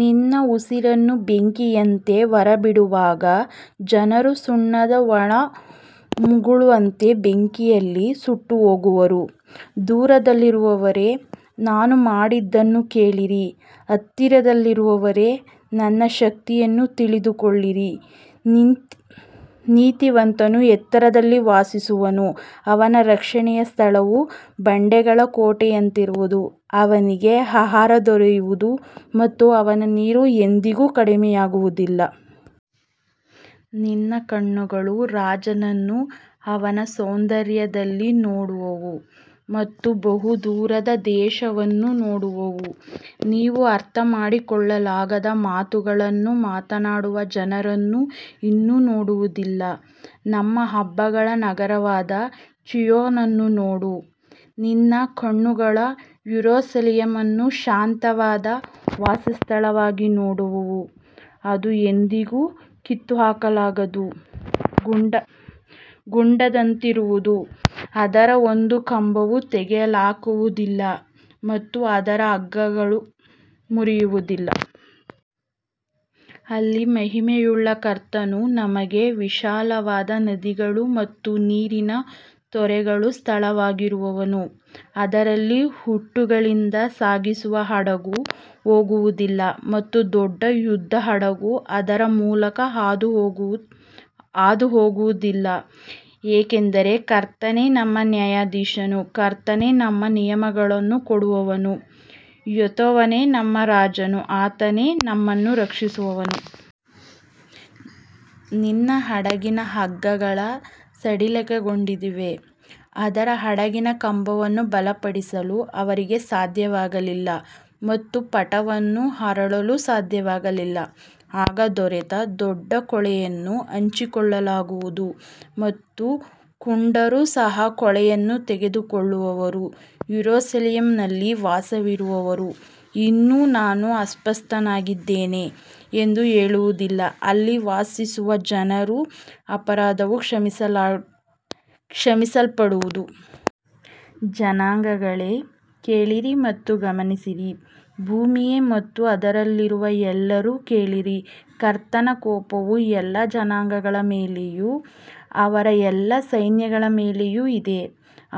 ನಿನ್ನ ಉಸಿರನ್ನು ಬೆಂಕಿಯಂತೆ ಹೊರಬಿಡುವಾಗ ಜನರು ಸುಣ್ಣದ ಒಣ ಮುಳ್ಳುಗಳಂತೆ ಬೆಂಕಿಯಲ್ಲಿ ಸುಟ್ಟುಹೋಗುವರು. ದೂರದಲ್ಲಿರುವವರೇ, ನಾನು ಮಾಡಿದ್ದನ್ನು ಕೇಳಿರಿ. ಹತ್ತಿರದಲ್ಲಿರುವವರೇ, ನನ್ನ ಶಕ್ತಿಯನ್ನು ತಿಳಿದುಕೊಳ್ಳಿರಿ. ನೀತಿವಂತನು ಎತ್ತರದಲ್ಲಿ ವಾಸಿಸುವನು. ಅವನ ರಕ್ಷಣೆಯ ಸ್ಥಳವು ಬಂಡೆಗಳ ಕೋಟೆಯಂತಿರುವುದು. ಅವನಿಗೆ ಆಹಾರ ದೊರೆಯುವುದು ಮತ್ತು ಅವನ ನೀರು ಎಂದಿಗೂ ಕಡಿಮೆಯಾಗುವುದಿಲ್ಲ. ನಿನ್ನ ಕಣ್ಣುಗಳು ರಾಜನನ್ನು ಅವನ ಸೌಂದರ್ಯದಲ್ಲಿ ನೋಡುವವು ಮತ್ತು ಬಹುದೂರದ ದೇಶವನ್ನು ನೋಡುವವು. ನೀನು ಅರ್ಥಮಾಡಿಕೊಳ್ಳಲಾಗದ ಮಾತುಗಳನ್ನು ಮಾತನಾಡುವ ಜನರನ್ನು ಇನ್ನು ನೋಡುವುದಿಲ್ಲ. ನಮ್ಮ ಹಬ್ಬಗಳ ನಗರವಾದ ಚೀಯೋನನ್ನು ನೋಡು. ನಿನ್ನ ಕಣ್ಣುಗಳು ಯೆರೂಸಲೇಮನ್ನು ಶಾಂತವಾದ ವಾಸಸ್ಥಳವಾಗಿ ನೋಡುವವು. ಅದು ಎಂದಿಗೂ ಕಿತ್ತುಹಾಕಲ್ಪಡದ ಗುಡಾರದಂತಿರುವುದು. ಅದರ ಒಂದು ಕಂಬವೂ ತೆಗೆದುಹಾಕಲ್ಪಡುವುದಿಲ್ಲ ಮತ್ತು ಅದರ ಹಗ್ಗಗಳೂ ಮುರಿಯುವುದಿಲ್ಲ. ಅಲ್ಲಿ ಮಹಿಮೆಯುಳ್ಳ ಕರ್ತನು ನಮಗೆ ವಿಶಾಲವಾದ ನದಿಗಳು ಮತ್ತು ನೀರಿನ ತೊರೆಗಳ ಸ್ಥಳವಾಗಿರುವನು. ಅದರಲ್ಲಿ ಹುಟ್ಟುಗಳಿಂದ ಸಾಗಿಸುವ ಹಡಗು ಹೋಗುವುದಿಲ್ಲ ಮತ್ತು ದೊಡ್ಡ ಯುದ್ಧಹಡಗು ಅದರ ಮೂಲಕ ಹಾದುಹೋಗುವುದಿಲ್ಲ. ಏಕೆಂದರೆ ಕರ್ತನೇ ನಮ್ಮ ನ್ಯಾಯಾಧೀಶನು. ಕರ್ತನೇ ನಮ್ಮ ನಿಯಮಗಳನ್ನು ಕೊಡುವವನು. ಯೆಹೋವನೇ ನಮ್ಮ ರಾಜನು. ಆತನೇ ನಮ್ಮನ್ನು ರಕ್ಷಿಸುವನು. ನಿನ್ನ ಹಡಗಿನ ಹಗ್ಗಗಳು ಸಡಿಲಗೊಂಡಿವೆ. ಅದರ ಹಡಗಿನ ಕಂಬವನ್ನು ಬಲಪಡಿಸಲು ಅವರಿಗೆ ಸಾಧ್ಯವಾಗಲಿಲ್ಲ ಮತ್ತು ಪಟವನ್ನು ಹರಡಲು ಸಾಧ್ಯವಾಗಲಿಲ್ಲ. ಆಗ ದೊರೆತ ದೊಡ್ಡ ಕೊಳ್ಳೆಯನ್ನು ಹಂಚಿಕೊಳ್ಳಲಾಗುವುದು ಮತ್ತು ಕುಂಟರೂ ಸಹ ಕೊಳ್ಳೆಯನ್ನು ತೆಗೆದುಕೊಳ್ಳುವರು. ಯೆರೂಸಲೇಮಿನಲ್ಲಿ ವಾಸಿಸುವವರು ಇನ್ನು ನಾನು ಅಸ್ವಸ್ಥನಾಗಿದ್ದೇನೆ ಎಂದು ಹೇಳುವುದಿಲ್ಲ. ಅಲ್ಲಿ ವಾಸಿಸುವ ಜನರ ಅಪರಾಧವು ಕ್ಷಮಿಸಲ್ಪಡುವುದು. ಜನಾಂಗಗಳೇ, ಕೇಳಿರಿ ಮತ್ತು ಗಮನಿಸಿರಿ. ಭೂಮಿಯೇ ಮತ್ತು ಅದರಲ್ಲಿರುವ ಎಲ್ಲರೂ ಕೇಳಿರಿ. ಕರ್ತನ ಕೋಪವು ಎಲ್ಲಾ ಜನಾಂಗಗಳ ಮೇಲೆಯೂ ಅವರ ಎಲ್ಲಾ ಸೈನ್ಯಗಳ ಮೇಲೆಯೂ ಇದೆ.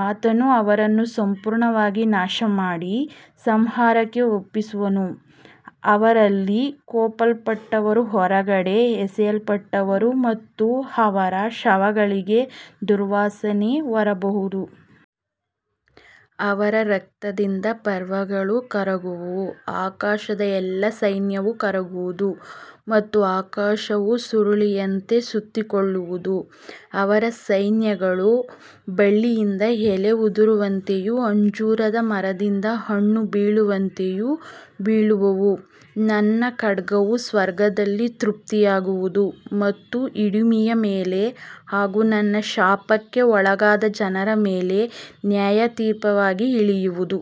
ಆತನು ಅವರನ್ನು ಸಂಪೂರ್ಣವಾಗಿ ನಾಶಮಾಡಿ ಸಂಹಾರಕ್ಕೆ ಒಪ್ಪಿಸುವನು. ಅವರಲ್ಲಿ ಕೊಲ್ಲಲ್ಪಟ್ಟವರು ಹೊರಗೆ ಎಸೆಯಲ್ಪಡುವರು ಮತ್ತು ಅವರ ಶವಗಳಿಂದ ದುರ್ವಾಸನೆ ಹೊರಬರುವುದು. ಅವರ ರಕ್ತದಿಂದ ಪರ್ವತಗಳು ಕರಗುವವು. ಆಕಾಶದ ಎಲ್ಲಾ ಸೈನ್ಯವು ಕರಗುವುದು ಮತ್ತು ಆಕಾಶವು ಸುರುಳಿಯಂತೆ ಸುತ್ತಿಕೊಳ್ಳುವುದು. ಅವರ ಸೈನ್ಯಗಳು ಬಳ್ಳಿಯಿಂದ ಎಲೆ ಉದುರುವಂತೆಯೂ ಅಂಜೂರದ ಮರದಿಂದ ಹಣ್ಣು ಬೀಳುವಂತೆಯೂ ಬೀಳುವವು. ನನ್ನ ಖಡ್ಗವು ಸ್ವರ್ಗದಲ್ಲಿ ತೃಪ್ತಿಯಾಗುವುದು ಮತ್ತು ಇಡುಮಿಯ ಮೇಲೆ ಹಾಗೂ ನನ್ನ ಶಾಪಕ್ಕೆ ಒಳಗಾದ ಜನರ ಮೇಲೆ ನ್ಯಾಯತೀರ್ಪಿಗಾಗಿ ಇಳಿಯುವುದು.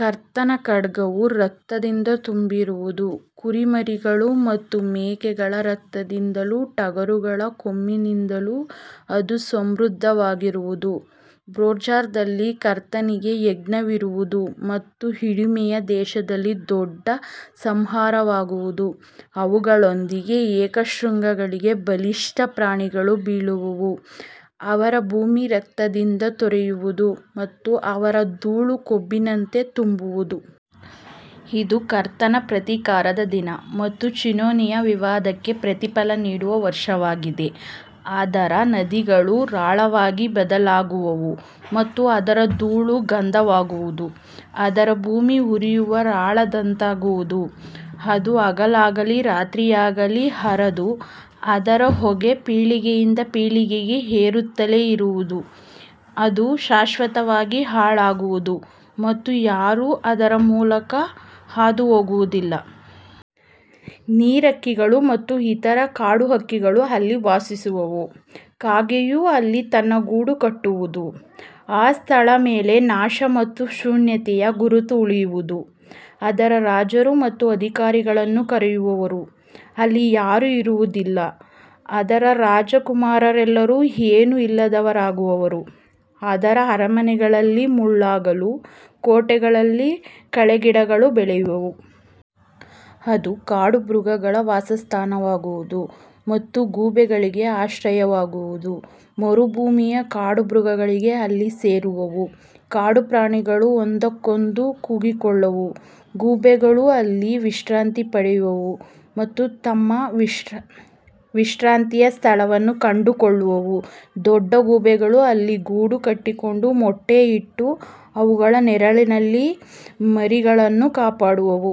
ಕರ್ತನ ಖಡ್ಗವು ರಕ್ತದಿಂದ ತುಂಬಿರುವುದು. ಕುರಿಮರಿಗಳ ಮತ್ತು ಮೇಕೆಗಳ ರಕ್ತದಿಂದಲೂ ಟಗರುಗಳ ಕೊಬ್ಬಿನಿಂದಲೂ ಅದು ಸಮೃದ್ಧವಾಗಿರುವುದು. ಬೊಜ್ರಾದಲ್ಲಿ ಕರ್ತನಿಗೆ ಯಜ್ಞವಿರುವುದು ಮತ್ತು ಇಡುಮೆಯ ದೇಶದಲ್ಲಿ ದೊಡ್ಡ ಸಂಹಾರವಾಗುವುದು. ಅವುಗಳೊಂದಿಗೆ ಏಕಶೃಂಗಿಗಳೂ ಬಲಿಷ್ಠ ಪ್ರಾಣಿಗಳೂ ಬೀಳುವವು. ಅವರ ಭೂಮಿ ರಕ್ತದಿಂದ ತೋಯುವುದು ಮತ್ತು ಅವರ ಧೂಳು ಕೊಬ್ಬಿನಿಂದ ತುಂಬುವುದು. ಇದು ಕರ್ತನ ಪ್ರತೀಕಾರದ ದಿನ ಮತ್ತು ಚೀಯೋನಿನ ವಿವಾದಕ್ಕಾಗಿ ಪ್ರತಿಫಲ ನೀಡುವ ವರ್ಷವಾಗಿದೆ. ಅದರ ನದಿಗಳು ರಾಳವಾಗಿ ಬದಲಾಗುವವು ಮತ್ತು ಅದರ ಧೂಳು ಗಂಧಕವಾಗುವುದು. ಅದರ ಭೂಮಿ ಉರಿಯುವ ರಾಳದಂತಾಗುವುದು. ಅದು ಹಗಲಲ್ಲಾಗಲಿ ರಾತ್ರಿಯಲ್ಲಾಗಲಿ ಆರದು. ಅದರ ಹೊಗೆ ಪೀಳಿಗೆಯಿಂದ ಪೀಳಿಗೆಗೆ ಏರುತ್ತಲೇ ಇರುವುದು. ಅದು ಶಾಶ್ವತವಾಗಿ ಹಾಳಾಗುವುದು ಮತ್ತು ಯಾರೂ ಅದರ ಮೂಲಕ ಹಾದುಹೋಗುವುದಿಲ್ಲ. ನೀರಹಕ್ಕಿಗಳು ಮತ್ತು ಇತರ ಕಾಡುಹಕ್ಕಿಗಳು ಅಲ್ಲಿ ವಾಸಿಸುವವು. ಕಾಗೆಯು ಅಲ್ಲಿ ತನ್ನ ಗೂಡು ಕಟ್ಟುವುದು. ಆ ಸ್ಥಳದ ಮೇಲೆ ನಾಶ ಮತ್ತು ಶೂನ್ಯತೆಯ ಗುರುತು ಉಳಿಯುವುದು. ಅದರ ರಾಜರು ಮತ್ತು ಅಧಿಕಾರಿಗಳನ್ನು ಕರೆಯುವರೂ ಅಲ್ಲಿ ಯಾರೂ ಇರುವುದಿಲ್ಲ. ಅದರ ರಾಜಕುಮಾರರೆಲ್ಲರೂ ಏನೂ ಇಲ್ಲದವರಾಗುವರು. ಅದರ ಅರಮನೆಗಳಲ್ಲಿ ಮುಳ್ಳುಗಳೂ ಕೋಟೆಗಳಲ್ಲಿ ಕಳೆಗಿಡಗಳೂ ಬೆಳೆಯುವವು. ಅದು ಕಾಡುಮೃಗಗಳ ವಾಸಸ್ಥಾನವಾಗುವುದು ಮತ್ತು ಗೂಬೆಗಳಿಗೆ ಆಶ್ರಯವಾಗುವುದು. ಮರುಭೂಮಿಯ ಕಾಡುಮೃಗಗಳು ಅಲ್ಲಿ ಸೇರುವವು. ಕಾಡುಪ್ರಾಣಿಗಳು ಒಂದಕ್ಕೊಂದು ಕೂಗಿಕೊಳ್ಳುವವು. ಗೂಬೆಗಳು ಅಲ್ಲಿ ವಿಶ್ರಾಂತಿ ಪಡೆಯುವವು ಮತ್ತು ತಮ್ಮ ವಿಶ್ರಾಂತಿಯ ಸ್ಥಳವನ್ನು ಕಂಡುಕೊಳ್ಳುವವು. ದೊಡ್ಡ ಗೂಬೆಗಳು ಅಲ್ಲಿ ಗೂಡು ಕಟ್ಟಿಕೊಂಡು ಮೊಟ್ಟೆ ಇಟ್ಟು ಅವುಗಳ ನೆರಳಿನಲ್ಲಿ ಮರಿಗಳನ್ನು ಕಾಪಾಡುವವು.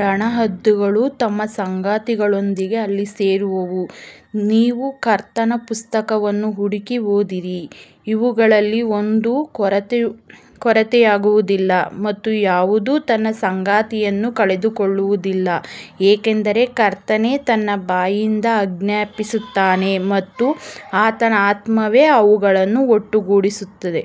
ರಣಹದ್ದುಗಳು ತಮ್ಮ ಸಂಗಾತಿಗಳೊಂದಿಗೆ ಅಲ್ಲಿ ಸೇರುವವು. ನೀವು ಕರ್ತನ ಪುಸ್ತಕವನ್ನು ಹುಡುಕಿ ಓದಿರಿ. ಇವುಗಳಲ್ಲಿ ಒಂದೂ ಕೊರತೆಯಾಗುವುದಿಲ್ಲ ಮತ್ತು ಯಾವುದೂ ತನ್ನ ಸಂಗಾತಿಯನ್ನು ಕಳೆದುಕೊಳ್ಳುವುದಿಲ್ಲ. ಏಕೆಂದರೆ ಕರ್ತನೇ ತನ್ನ ಬಾಯಿಂದ ಆಜ್ಞಾಪಿಸಿದ್ದಾನೆ ಮತ್ತು ಆತನ ಆತ್ಮವೇ ಅವುಗಳನ್ನು ಒಟ್ಟುಗೂಡಿಸಿದೆ.